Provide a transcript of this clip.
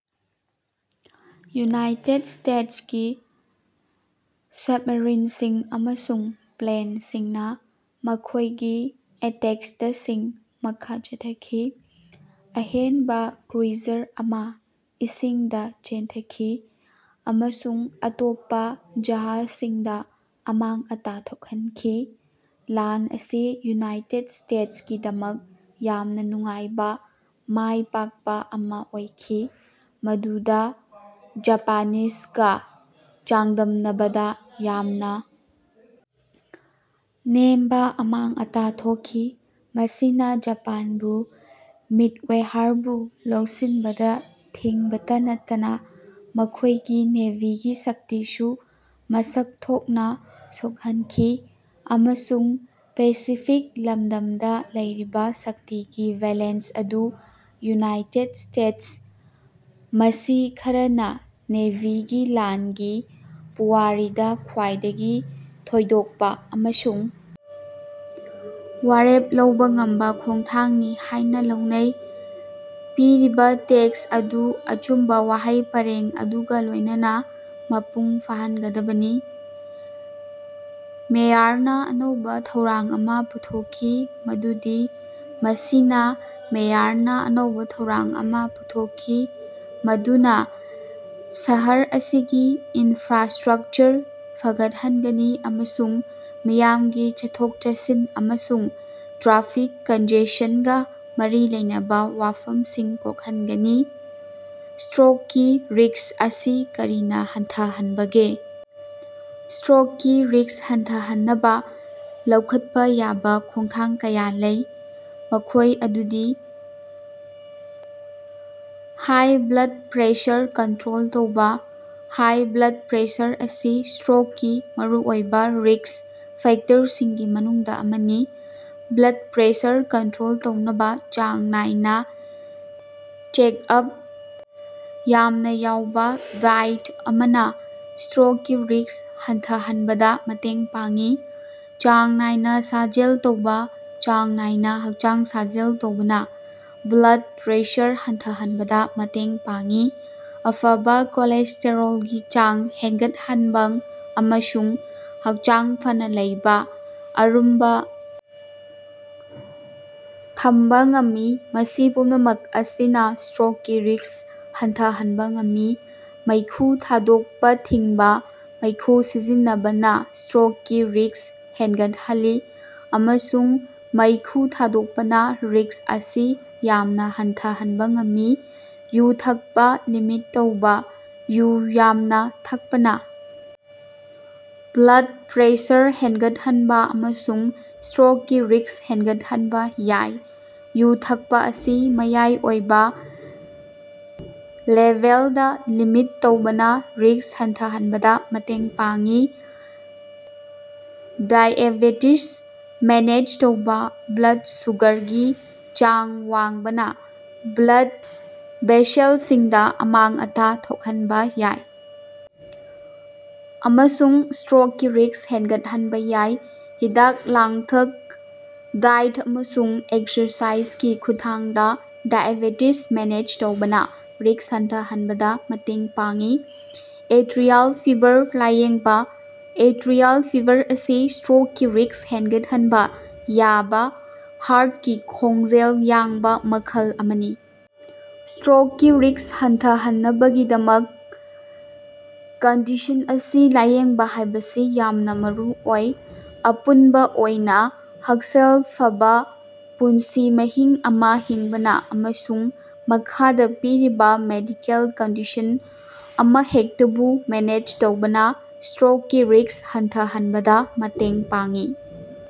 United ꯁ꯭ꯇꯦꯇꯁꯀꯤ ꯁꯕꯃꯦꯔꯤꯟꯁꯤꯡ ꯑꯃꯁꯨꯡ ꯄ꯭ꯂꯦꯟꯁꯤꯡꯅ ꯃꯈꯣꯏꯒꯤ ꯑꯦꯇꯦꯛꯇꯁꯤꯡ ꯃꯈꯥ ꯆꯠꯊꯈꯤ, ꯑꯍꯦꯟꯕ ꯀ꯭ꯔꯨꯏꯖꯔ ꯑꯃ ꯏꯁꯤꯡꯗ ꯆꯦꯟꯊꯈꯤ ꯑꯃꯁꯨꯡ ꯑꯇꯣꯞꯄ ꯖꯍꯥꯖꯁꯤꯡꯗ ꯑꯃꯥꯡ ꯑꯇꯥ ꯊꯣꯛꯍꯟꯈꯤ꯫ ꯂꯥꯟ ꯑꯁꯤ ꯌꯨꯅꯥꯏꯇꯦꯗ ꯁ꯭ꯇꯦꯇꯁꯀꯤꯗꯃꯛ ꯌꯥꯝꯅ ꯅꯨꯡꯉꯥꯏꯕ ꯃꯥꯏꯄꯥꯛꯄ ꯑꯃ ꯑꯣꯏꯈꯤ, ꯃꯗꯨꯗ ꯖꯄꯥꯅꯤꯖꯒ ꯆꯥꯡꯗꯝꯅꯕꯗ ꯌꯥꯝꯅ ꯅꯦꯝꯕ ꯑꯃꯥꯡ ꯑꯇꯥ ꯊꯣꯛꯈꯤ꯫ ꯃꯁꯤꯅ ꯖꯄꯥꯟꯕꯨ ꯃꯤꯗꯋꯦꯌꯔꯕꯨ ꯂꯧꯁꯤꯟꯕꯗ ꯊꯤꯡꯕꯇ ꯅꯠꯇꯅ ꯃꯈꯣꯏꯒꯤ ꯅꯦꯚꯤꯒꯤ ꯁꯛꯇꯤꯁꯨ ꯃꯁꯛ ꯊꯣꯛꯅ ꯁꯣꯛꯍꯟꯈꯤ ꯑꯃꯁꯨꯡ ꯄꯦꯁꯤꯐꯤꯛ ꯂꯃꯗꯝꯗ ꯂꯩꯔꯤꯕ ꯁꯛꯇꯤꯒꯤ ꯕꯦꯂꯦꯟꯁ ꯑꯗꯨ ꯌꯨꯅꯥꯏꯇꯦꯗ ꯁ꯭ꯇꯦꯇꯁ ꯃꯁꯤ ꯈꯔꯅꯥꯥ ꯅꯦꯚꯤꯒꯤ ꯂꯥꯟꯒꯤ ꯄꯨꯋꯥꯔꯤꯗ ꯈ꯭ꯋꯥꯏꯗꯒꯤ ꯊꯣꯏꯗꯣꯛꯄ ꯑꯃꯁꯨꯡ ꯋꯥꯔꯦꯞ ꯂꯧꯕ ꯉꯝꯕ ꯈꯣꯡꯊꯥꯡꯅꯤ ꯍꯥꯏꯅ ꯂꯧꯅꯩ꯫ ꯄꯤꯔꯤꯕ ꯇꯦꯛꯁ ꯑꯗꯨ ꯑꯆꯨꯝꯕ ꯋꯥꯍꯩ ꯄꯔꯦꯡ ꯑꯗꯨꯒ ꯂꯣꯏꯅꯅ ꯃꯄꯨꯡ ꯐꯥꯍꯟꯒꯗꯕꯅꯤ꯫ ꯃꯦꯌꯔꯅꯥ ꯑꯅꯧꯕ ꯊꯧꯔꯥꯡ ꯑꯃ ꯄꯨꯊꯣꯛꯈꯤ ꯃꯗꯨꯗꯤ ꯃꯁꯤꯅ ꯃꯦꯌꯔꯅꯥ ꯑꯅꯧꯕ ꯊꯧꯔꯥꯡ ꯑꯃ ꯄꯨꯊꯣꯛꯈꯤ ꯃꯗꯨꯅ ꯁꯍꯔ ꯑꯁꯤꯒꯤ ꯏꯟꯐ꯭ꯔꯥꯁ꯭ꯇꯔꯛꯆꯔ ꯐꯒꯠꯍꯟꯒꯅꯤ ꯑꯃꯁꯨꯡ ꯃꯤꯌꯥꯝꯒꯤ ꯆꯠꯊꯣꯛ-ꯆꯠꯁꯤꯟ ꯑꯃꯁꯨꯡ ꯇ꯭ꯔꯥꯐꯤꯛ ꯀꯟꯖꯦꯁꯟꯒ ꯃꯔꯤ ꯂꯩꯅꯕ ꯋꯥꯐꯝꯁꯤꯡ ꯀꯣꯛꯍꯟꯒꯅꯤ꯫ ꯁ꯭ꯇꯔꯣꯛꯀꯤ ꯔꯤꯁ꯭ꯛ ꯑꯁꯤ ꯀꯔꯤꯅ ꯍꯟꯊꯍꯟꯕꯒꯦ? ꯁ꯭ꯇꯔꯣꯛꯀꯤ ꯔꯤꯁ꯭ꯛ ꯍꯟꯊꯍꯟꯅꯕ ꯂꯧꯈꯠꯄ ꯌꯥꯕ ꯈꯣꯡꯊꯥꯡ ꯀꯌꯥ ꯂꯩ, ꯃꯈꯣꯏ ꯑꯗꯨꯗꯤ - ꯍꯥꯏ ꯕ꯭꯭ꯂꯗ ꯄ꯭ꯔꯦꯁꯔ ꯀꯟꯇꯔꯣꯜ ꯇꯧꯕꯥ‌ ,ꯍꯥꯏ ꯕ꯭꯭ꯂꯗ ꯄ꯭ꯔꯦꯁꯔ ꯑꯁꯤ ꯁ꯭ꯇꯔꯣꯛꯀꯤ ꯃꯔꯨꯑꯣꯏꯕ ꯔꯤꯁ꯭ꯛ ꯐꯦꯛꯇꯔꯁꯤꯡꯒꯤ ꯃꯅꯨꯡꯗ ꯑꯃꯅꯤ꯫ ꯕ꯭ꯂꯗ ꯄ꯭ꯔꯦꯁꯔ ꯀꯟꯇꯔꯣꯜ ꯇꯧꯅꯕ‌ ꯆꯥꯡ ꯅꯥꯏꯅ ꯆꯦꯛ-ꯑꯞ ꯌꯥꯝꯅ ꯌꯥꯎꯕ ꯗꯥꯏꯠ ꯑꯃꯅ ꯁ꯭ꯇꯔꯣꯛꯀꯤ ꯔꯤꯁ꯭ꯛ ꯍꯟꯊꯍꯟꯕꯗꯥ ꯃꯇꯦꯡ ꯄꯥꯡꯏ꯫ ꯆꯥꯡ ꯅꯥꯏꯅ ꯁꯥꯖꯦꯜ ꯇꯧꯕ - ꯆꯥꯡ ꯅꯥꯏꯅ ꯍꯛꯆꯥꯡ ꯁꯥꯖꯦꯜ ꯇꯧꯕꯅ ꯕ꯭ꯂꯗ ꯄ꯭ꯔꯦꯁꯔ ꯍꯟꯊꯍꯟꯕꯗ ꯃꯇꯦꯡ ꯄꯥꯡꯏ, ꯑꯐꯕ ꯀꯣꯂꯦꯁ꯭ꯇꯦꯔꯣꯜꯒꯤ ꯆꯥꯡ ꯍꯦꯟꯒꯠꯍꯟꯕꯥꯡ ꯑꯃꯁꯨꯡ ꯍꯛꯆꯥꯡ ꯐꯅꯥ ꯂꯩꯕ ꯑꯔꯨꯝꯕ ꯊꯝꯕ ꯉꯝꯃꯤ, ꯃꯁꯤ ꯄꯨꯝꯅꯃꯛ ꯑꯁꯤꯅ ꯁ꯭ꯇꯔꯣꯛꯀꯤ ꯔꯤꯁ꯭ꯛ ꯍꯟꯊꯍꯟꯕ ꯉꯝꯃꯤ꯫ ꯃꯩꯈꯨ ꯊꯥꯗꯣꯛꯄꯥꯊꯤꯡꯕ - ꯃꯩꯈꯨ ꯁꯤꯖꯤꯟꯅꯕꯅ ꯁ꯭ꯇꯔꯣꯛꯀꯤ ꯔꯤꯁ꯭ꯛ ꯍꯦꯟꯒꯠꯍꯜꯂꯤ, ꯑꯃꯁꯨꯡ ꯃꯩꯈꯨ ꯊꯥꯗꯣꯛꯄꯅ ꯔꯤꯁ꯭ꯛ ꯑꯁꯤ ꯌꯥꯝꯅ ꯍꯟꯊꯍꯟꯕ ꯉꯝꯃꯤ꯫ ꯌꯨ ꯊꯛꯄ ꯂꯤꯃꯤꯠ ꯇꯧꯕ - ꯌꯨ ꯌꯥꯝꯅ ꯊꯛꯄꯅ ꯕ꯭ꯂꯗ ꯄ꯭ꯔꯦꯁꯔ ꯍꯦꯟꯒꯠꯍꯟꯕ ꯑꯃꯁꯨꯡ ꯁ꯭ꯇꯔꯣꯛꯀꯤ ꯔꯤꯁ꯭ꯛ ꯍꯦꯟꯒꯠꯍꯟꯕ ꯌꯥꯏ꯫ ꯌꯨ ꯊꯛꯄ ꯑꯁꯤ ꯃꯌꯥꯏ ꯑꯣꯏꯕ ꯂꯦꯚꯦꯜꯗ ꯂꯤꯃꯤꯠ ꯇꯧꯕꯅ ꯔꯤꯁ꯭ꯛ ꯍꯟꯊꯍꯟꯕꯗ ꯃꯇꯦꯡ ꯄꯥꯡꯏ꯫ ꯗꯥꯏꯑꯦꯕꯦꯇꯤꯖ ꯃꯦꯅꯦꯖ ꯇꯧꯕ - ꯕ꯭ꯂꯗ ꯁꯨꯒꯔꯒꯤ ꯆꯥꯡ ꯋꯥꯡꯕꯅ ꯕ꯭ꯂꯗ ꯚꯦꯁꯦꯜꯁꯤꯡꯗ ꯑꯃꯥꯡ-ꯑꯇꯥ ꯊꯣꯛꯍꯟꯕ‌ ꯌꯥꯏ ꯑꯃꯁꯨꯡ ꯁ꯭ꯇꯔꯣꯛꯀꯤ ꯔꯤꯁ꯭ꯛ ꯍꯦꯟꯒꯠꯍꯟꯕ ꯌꯥꯏ꯫ ꯍꯤꯗꯥꯛ-ꯂꯥꯡꯊꯛ, ꯗꯥꯏꯠ ꯑꯃꯁꯨꯡ ꯑꯦꯛꯁꯔꯁꯥꯏꯖꯒꯤ ꯈꯨꯠꯊꯥꯡꯗ ꯗꯥꯏꯑꯦꯕꯦꯇꯤꯖ ꯃꯦꯅꯦꯖ ꯇꯧꯕꯅ ꯔꯤꯁ꯭ꯛ ꯍꯟꯊꯍꯟꯕꯗ ꯃꯇꯦꯡ ꯄꯥꯡꯏ꯫ ꯑꯦꯇꯔꯤꯌꯥꯜ ꯐꯤꯕꯔ ꯂꯥꯌꯦꯡꯕ - ꯑꯦꯇꯔꯤꯌꯥꯜ ꯐꯤꯕꯔ ꯑꯁꯤ ꯁ꯭ꯇꯔꯣꯛꯀꯤ ꯔꯤꯁ꯭ꯛ ꯍꯦꯟꯒꯠꯍꯟꯕ ꯌꯥꯕ ꯍꯥꯔꯠꯀꯤ ꯈꯣꯡꯖꯦꯜ ꯌꯥꯡꯕ ꯃꯈꯜ ꯑꯃꯅꯤ꯫ ꯁ꯭ꯇꯔꯣꯛꯀꯤ ꯔꯤꯁ꯭ꯛ ꯍꯟꯊꯍꯟꯅꯕꯒꯤꯗꯃꯛ ꯀꯟꯗꯤꯁꯟ ꯑꯁꯤ ꯂꯥꯏꯌꯦꯡꯕ ꯍꯥꯏꯕꯁꯤ ꯌꯥꯝꯅ‌ ꯃꯔꯨꯑꯣꯏ꯫ ꯑꯄꯨꯟꯕ ꯑꯣꯏꯅ, ꯍꯛꯁꯦꯜ ꯐꯕꯥ ꯄꯨꯟꯁꯤ ꯃꯍꯤꯡ ꯑꯃ ꯍꯤꯡꯕꯅ ꯑꯃꯁꯨꯡ ꯃꯈꯥꯗ ꯄꯤꯔꯤꯕ ꯃꯦꯗꯤꯀꯦꯜ ꯀꯟꯗꯤꯁꯟ ꯑꯃꯍꯦꯛꯇꯕꯨ ꯃꯦꯅꯦꯖ ꯇꯧꯕꯅ ꯁ꯭ꯇꯔꯣꯛꯀꯤ ꯔꯤꯁ꯭ꯛ ꯍꯟꯊꯍꯟꯕꯗ‌ ꯃꯇꯦꯡ ꯄꯥꯡꯏ꯫